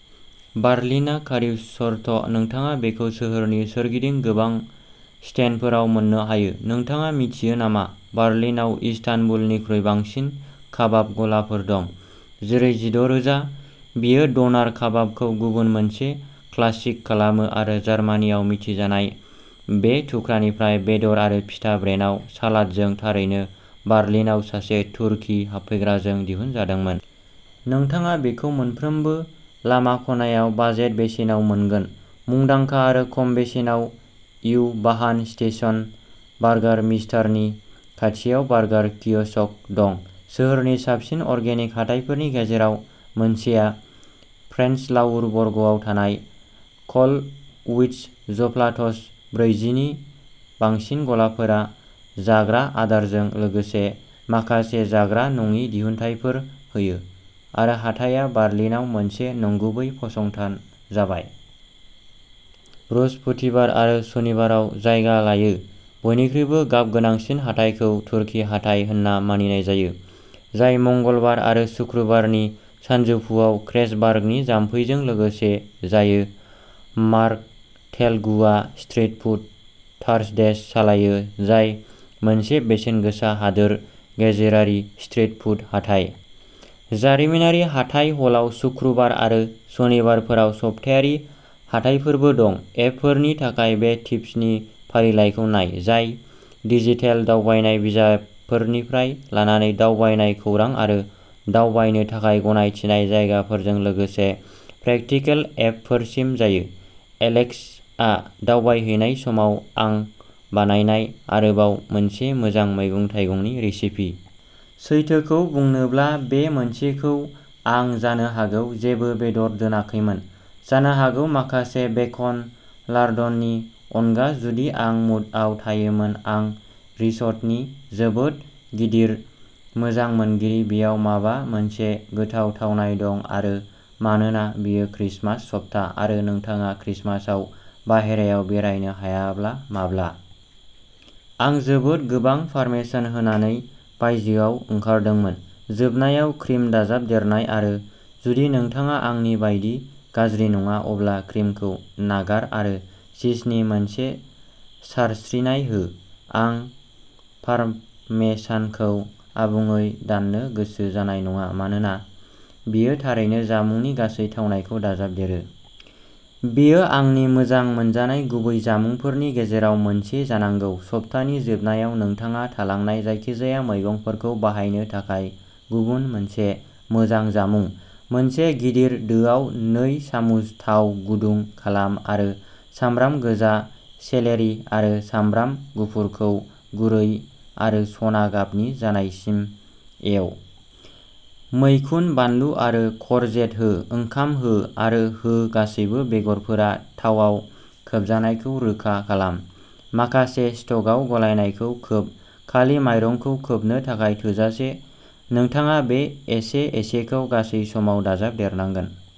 बार्लिना कारिउर्स्ट। नोंथाङा बेखौ सोहोरनि सोरगिदिं गोबां स्टेन्डफोराव मोननो हायो। नोंथाङा मिथियो नामा बार्लिनाव इस्तानबुलनिख्रुइ बांसिन काबाब गलाफोर दं जेरै जिद' रोजा। बेयो ड'नार काबाबखौ गुबुन मोनसे क्लासिक खालामो आरो जार्मानियाव मिथिजानाय बेनि थुख्रानिफ्राय बेदर आरो पिटा ब्रेडआव सालादजों, थारैनो बार्लिनाव सासे तुर्की हाबफैग्राजों दिहुनजादोंमोन। नोंथाङा बेखौ मोनफ्रोमबो लामा खनायाव बाजेट बेसेनाव मोनगोन। मुंदांखा आरो खम बेसेनाव इउ-बाहान स्टेशन, बार्गारमिस्टारनि खाथियाव बार्गार कियस्क दं। सोहोरनि साबसिन अर्गेनिक हाथाइफोरनि गेजेराव मोनसेआ प्रेनज्लाउर बर्गआव थानाय कलविट्जप्लात्ज। ब्रैजि नि बांसिन गलाफोरा जाग्रा आदारजों लोगोसे माखासे जाग्रा नङि दिहुनथायफोर होयो आरो हाथाया बार्लिनाव मोनसे नंगुबै फसंथान जाबाय। बृहस्पतिबार आरो सनिबाराव जायगा लायो। बयनिख्रुइबो गाबगोनांसिन हाथाइखौ तुर्की हाथाइ होनना मानिनाय जायो, जाय मंगलबार आरो सुक्रुबारनि सानजौफुआव क्रेजबार्गनि जाम्फैजों लोगोसे जायो। मार्कथेल गु आ स्ट्रीट फुड थार्सडेस सालायो, जाय मोनसे बेसेनगोसा हादोर गेजेरारि स्ट्रीट फुड हाथाइ। जारिमिनारि हाथाइ हलाव सुक्रुबार आरो सनिबारफोराव सप्तायारि हाथायफोरबो दं। एपफोरनि थाखाय बे टिप्सनि फारिलाइखौ नाय, जाय डिजिटेल दावबायनाय बिजाबफोरनिफ्राय लानानै दावबायनाय, खौरां आरो दावबायनो थाखाय गनायथिनाय जायगाफोरजों लोगोसे प्रेकटिकल एपफोरसिम जायो। एलेक्सआ दावबायहैनाय समाव आं बानायनाय आरोबाव मोनसे मोजां मैगं-थाइगंनि रेसिपि। सैथोखौ बुंनोब्ला, बे मोनसेखौ आं जानो हागौ जेबो बेदर दोनाखैमोन। जानो हागौ माखासे बेकन लार्डननि अनगा जुदि आं मुडआव थायोमोन। आं रिस'ट'नि जोबोद गिदिर मोजां मोनगिरि, बेयाव माबा मोनसे गोथाव थावनाय दं आरो मानोना बेयो क्रिसमास सप्ता आरो नोंथाङा क्रिसमासआव बाहेरायाव बेरायनो हायाब्ला माब्ला? आं जोबोद गोबां पार्मेसान होनानै बायजोआव ओंखारदोंमोन। जोबनायाव क्रिम दाजाबदेरनाय आरो। जुदि नोंथाङा आंनि बायदि गाज्रि नङा, अब्ला क्रिमखौ नागार आरो चीजनि मोनसे सारस्रिनाय हो। आं पारमेसानखौ आबुङै दाननो गोसो जानाय नङा मानोना बेयो थारैनो जामुंनि गासै थावनायखौ दाजाबदेरो। बेयो आंनि मोजां मोनजानाय गुबै जामुंफोरनि गेजेराव मोनसे जानांगौ, सप्तानि जोबनायाव नोंथाङा थालांनाय जायखिजाया मैगंफोरखौ बाहायनो थाखाय गुबुन मोनसे मोजां जामुं। मोनसे गिदिर दोआव नै सामुस थाव गुदुं खालाम आरो सामब्राम गोजा, सेलेरि आरो सामब्राम गुफुरखौ गुरै आरो सना गाबनि जानायसिम एव। मैखुन, बानलु आरो करजेट हो। ओंखाम हो आरो हो, गासैबो बेगरफोरा थावाव खोबजानायखौ रोखा खालाम। माखासे स्टकआव गलायनायखौ खोब, खालि माइरंखौ खोबनो थाखाय थोजासे, नोंथाङा बे एसे-एसेखौ गासै समाव दाजाबदेरनांगोन।